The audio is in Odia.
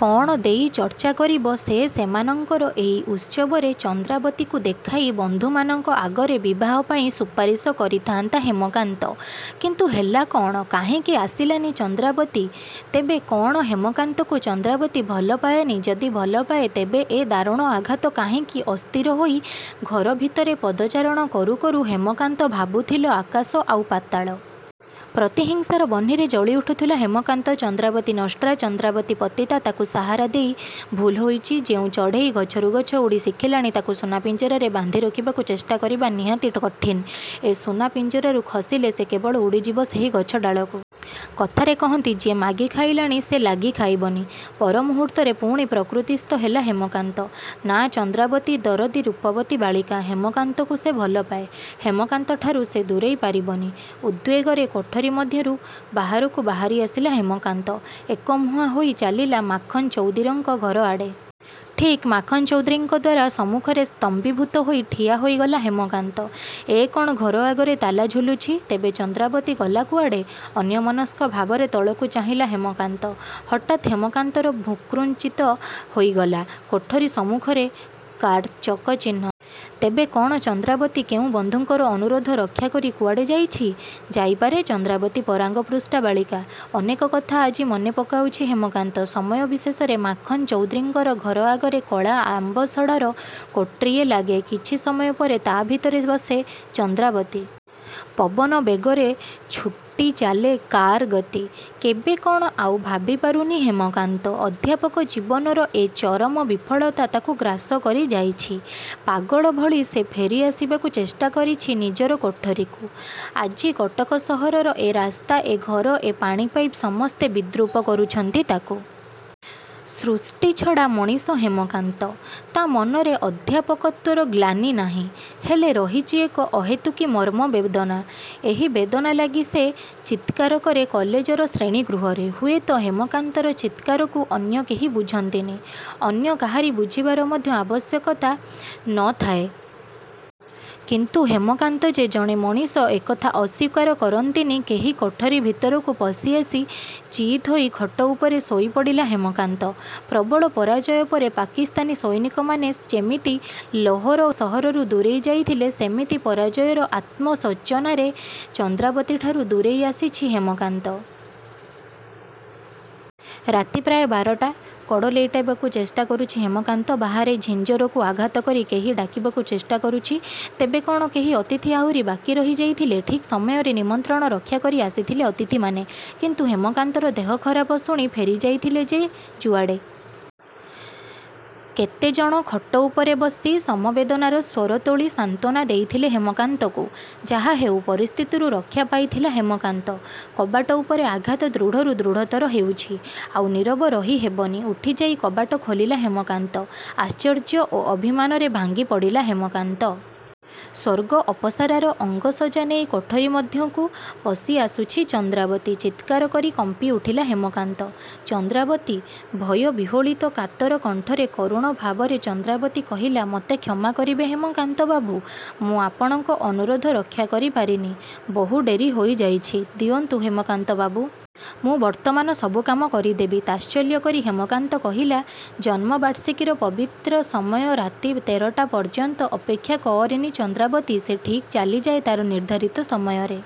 କ'ଣ ଦେଇ ଚର୍ଚ୍ଚା କରିବ ସେ ସେମାନଙ୍କର ଏଇ ଉତ୍ସବରେ ଚନ୍ଦ୍ରାବତୀକୁ ଦେଖାଇ ବନ୍ଧୁମାନଙ୍କ ଆଗରେ ବିବାହପାଇଁ ସୁପାରିଶ କରିଥାନ୍ତା ହେମକାନ୍ତ। କିନ୍ତୁ ହେଲା କ'ଣ? କାହିଁକି ଆସିଲାନି ଚନ୍ଦ୍ରାବତୀ ତେବେ କ'ଣ ହେମକାନ୍ତକୁ ଚନ୍ଦ୍ରାବତୀ ଭଲ ପାଏନି ଯଦି ଭଲ ପାଏ ତେବେ ଏ ଦାରୁଣ ଆଘାତ କାହିଁକି ଅସ୍ଥିର ହୋଇ ଘରଭିତରେ ପଦଚାରଣ କରୁ କରୁ ହେମକାନ୍ତ ଭାବୁଥିଲ ଆକାଶ ଆଉ ପାତାଳ। ପ୍ରତିହିଂସାର ବହ୍ନିରେ ଜଳି ଉଠୁଥିଲା ହେମକାନ୍ତ। ଚନ୍ଦ୍ରାବତୀ ନଷ୍ଟ୍ରା, ଚନ୍ଦ୍ରାବତୀ ପତୀତା। ତାକୁ ସାହାରା ଦେଇ ଭୁଲ୍ହୋଇଛି। ଯେଉଁ ଚଢ଼େଇ ଗଛରୁ ଗଛ ଉଡ଼ି ଶିଖିଲାଣି ତାକୁ ସୁନା ପିଞ୍ଜରାରେ ବାନ୍ଧି ରଖିବାକୁ ଚେଷ୍ଟା କରିବା ନିହାତି କଠିନ୍। ଏ ସୁନା ପିଞ୍ଜରାରୁ ଖସିଲେ ସେ କେବଳ ଉଡ଼ିଯିବ ସେହି ଗଛ ଡାଳକୁ। କଥାରେ କହନ୍ତି ଯିଏ ମାଗି ଖାଇଲାଣି ସେ ଲାଗି ଖାଇବନି। ପରମୁହୂର୍ତ୍ତରେ ପୁଣି ପ୍ରକୃତିସ୍ଥ ହେଲା ହେମକାନ୍ତ। ନାଁ ଚନ୍ଦ୍ରାବତୀ ଦରଦୀ ରୂପବତୀ ବାଳିକା, ହେମକାନ୍ତକୁ ସେ ଭଲପାଏ। ହେମକାନ୍ତଠାରୁ ସେ ଦୂରେଇ ପାରିବନି। ଉଦ୍ବେଗରେ କୋଠରୀ ମଧ୍ୟରୁ ବାହାରକୁ ବାହାରି ଆସିଲା ହେମକାନ୍ତ। ଏକମୁହାଁ ହୋଇ ଚାଲିଲା ମାଖନ୍ ଚୌଧୁରୀଙ୍କ ଘରଆଡ଼େ। ଠିକ୍ ମାଖନ୍ଚୌଧୁରୀଙ୍କ ଦ୍ୱାରା ସମ୍ମୁଖରେ ସ୍ତମ୍ଭୀଭୂତ ହୋଇ ଠିଆ ହୋଇଗଲା ହେମକାନ୍ତ। ଏ କ'ଣ ଘର ଆଗରେ ତାଲା ଝୁଲୁଛି। ତେବେ ଚନ୍ଦ୍ରାବତୀ ଗଲା କୁଆଡ଼େ ଅନ୍ୟମନସ୍କ ଭାବରେ ତଳକୁ ଚାହିଁଲା ହେମକାନ୍ତ। ହଠାତ୍ ହେମକାନ୍ତର ଭ୍ରୂକୁଞ୍ଚିତ ହୋଇଗଲା। କୋଠରୀ ସମ୍ମୁଖରେ କାର୍ର ଚକ ଚିହ୍ନ। ତେବେ କ'ଣ ଚନ୍ଦ୍ରାବତୀ କେଉଁ ବନ୍ଧୁଙ୍କର ଅନୁରୋଧ ରକ୍ଷାକରି କୁଆଡ଼େ ଯାଇଛି? ଯାଇପାରେ ଚନ୍ଦ୍ରାବତୀ ପରାଙ୍ଗପୁଷ୍ଟା ବାଳିକା। ଅନେକ କଥା ଆଜି ମନେ ପକାଉଛି ହେମକାନ୍ତ। ସମୟ ବିଶେଷରେ ମାଖନ୍ ଚୌଧୁରୀଙ୍କର ଘର ଆଗରେ କଳା ଆମ୍ବାସଡ଼ର କାର୍ଟିଏ ଲାଗେ। କିଛି ସମୟ ପରେ ତା' ଭିତରେ ବସେ ଚନ୍ଦ୍ରାବତୀ। ପବନ ବେଗରେ ଛୁଟିଚାଲେ କାର୍ର ଗତି। କେବେ କ'ଣ ଆଉ ଭାବି ପାରୁନି ହେମକାନ୍ତ। ଅଧ୍ୟାପକ ଜୀବନର ଏ ଚରମ ବିଫଳତା ତାକୁ ଗ୍ରାସ କରିଯାଇଛି। ପାଗଳ ଭଳି ସେ ଫେରି ଆସିବାକୁ ଚେଷ୍ଟାକରିଛି ନିଜର କୋଠରୀକୁ। ଆଜି କଟକ ସହରର ଏ ରାସ୍ତା ଏ ଘର ଏ ପାଣିପାଇପ୍ ସମସ୍ତେ ବିଦ୍ରୂପ କରୁଛନ୍ତି ତାକୁ। ସୃଷ୍ଟି ଛଡ଼ା ମଣିଷ ହେମକାନ୍ତ। ତା' ମନରେ ଅଧ୍ୟାପକତ୍ୱର ଗ୍ଲାନି ନାହିଁ। ହେଲେ ରହିଛି ଏକ ଅହେତୁକୀ ମର୍ମ ବେଦନା। ଏଇ ବେଦନା ଲାଗି ସେ ଚିତ୍କାର କରେ କଲେଜର ଶ୍ରେଣୀ ଗୃହରେ। ହୁଏତ ହେମକାନ୍ତର ଚିତ୍କାରକୁ ଅନ୍ୟ କେହି ବୁଝନ୍ତିନି। ଅନ୍ୟ କାହାରି ବୁଝିବାର ମଧ୍ୟ ଆବଶ୍ୟକତା ନ ଥାଏ। କିନ୍ତୁ ହେମକାନ୍ତ ଯେ ଜଣେ ମଣିଷ ଏକଥା ଅସ୍ୱୀକାର କରନ୍ତିନି କେହି କୋଠରୀ ଭିତରକୁ ପଶି ଆସି ଚିତ୍ ହୋଇ ଖଟଉପରେ ଶୋଇପଡ଼ିଲା ହେମକାନ୍ତ। ପ୍ରବଳ ପରାଜୟ ପରେ ପାକିସ୍ଥାନୀ ସୈନିକମାନେ ଯେମିତି ଲହୋର ସହରରୁ ଦୂରେଇ ଯାଇଥିଲେ—ସେମିତି ପରାଜୟର ଆତ୍ମଶୋଚନାରେ ଚନ୍ଦ୍ରାବତୀଠାରୁ ଦୂରେଇ ଆସିଛି ହେମକାନ୍ତ-। ରାତି ପ୍ରାୟ ବାରଟା। କଡ଼ ଲେଉଟାଇବାକୁ ଚେଷ୍ଟା କରୁଛି ହେମକାନ୍ତ। ବାହାରେ ଝଞ୍ଜିରକୁ ଆଘାତ କରି କେହି ଡାକିବାକୁ ଚେଷ୍ଟା କରୁଛି। ତେବେ କ'ଣ କେହି ଅତିଥି ଆହୁରି ବାକି ରହି ଯାଇଥିଲେ? ଠିକ୍ ସମୟରେ ନିମନ୍ତ୍ରଣ ରକ୍ଷାକରି ଆସିଥିଲେ ଅତିଥିମାନେ। କିନ୍ତୁ ହେମକାନ୍ତର ଦେହ ଖରାପ ଶୁଣି ଫେରି ଯାଇଥିଲେ ଯେ ଯୁଆଡ଼େ। କେତେ ଜଣ ଖଟ ଉପରେ ବସି ସମବେଦନାର ସ୍ୱର ତୋଳି ସାନ୍ତ୍ୱନା ଦେଇଥିଲେ ହେମକାନ୍ତକୁ। ଯାହାହେଉ... ପରିସ୍ଥିତିରୁ ରକ୍ଷା ପାଇଥିଲା ହେମକାନ୍ତ। କବାଟ ଉପରେ ଆଘାତ ଦୃଢ଼ରୁ ଦୃଢ଼ତର ହେଉଛି। ଆଉ ନୀରବ ରହି ହେବନି, ଉଠିଯାଇ କବାଟ ଖୋଲିଲା ହେମକାନ୍ତ। ଆଶ୍ଚର୍ଯ୍ୟ ଓ ଅଭିମାନରେ ଭାଙ୍ଗି ପଡ଼ିଲା ହେମକାନ୍ତ। ସ୍ୱର୍ଗ ଅପସରାର ଅଙ୍ଗ ସଜ୍ଜା ନେଇ କୋଠରୀ ମଧ୍ୟକୁ ପଶିଆସୁଛି ଚନ୍ଦ୍ରାବତୀ...। ଚିତ୍କାର କରି କମ୍ପି ଉଠିଲା ହେମକାନ୍ତ। ଚନ୍ଦ୍ରାବତୀ! ଭୟବିହ୍ୱଳିତ କାତର କଣ୍ଠରେ କରୁଣ ଭାବରେ ଚନ୍ଦ୍ରାବତୀ କହିଲା ମୋତେ କ୍ଷମା କରିବେ ହେମକାନ୍ତ ବାବୁ ମୁଁ ଆପଣଙ୍କ ଅନୁରୋଧ ରକ୍ଷାକରି ପାରିନି। ବହୁ ଡେରି ହୋଇଯାଇଛି, ଦିଅନ୍ତୁ ହେମକାନ୍ତ ବାବୁ! ମୁଁ ବର୍ତ୍ତମାନ ସବୁ କାମ କରିଦେବି। ତାତ୍ସଲ୍ୟ କରି ହେମକାନ୍ତ କହିଲାଜନ୍ମବାର୍ଷିକୀର ପବିତ୍ର ସମୟ ରାତି ତେରଟା ପର୍ଯ୍ୟନ୍ତ ଅପେକ୍ଷା କରେନି ଚନ୍ଦ୍ରାବତୀ ସେ ଠିକ୍ ଚାଲିଯାଏ ତା'ର ନିର୍ଦ୍ଧାରିତ ସମୟରେ।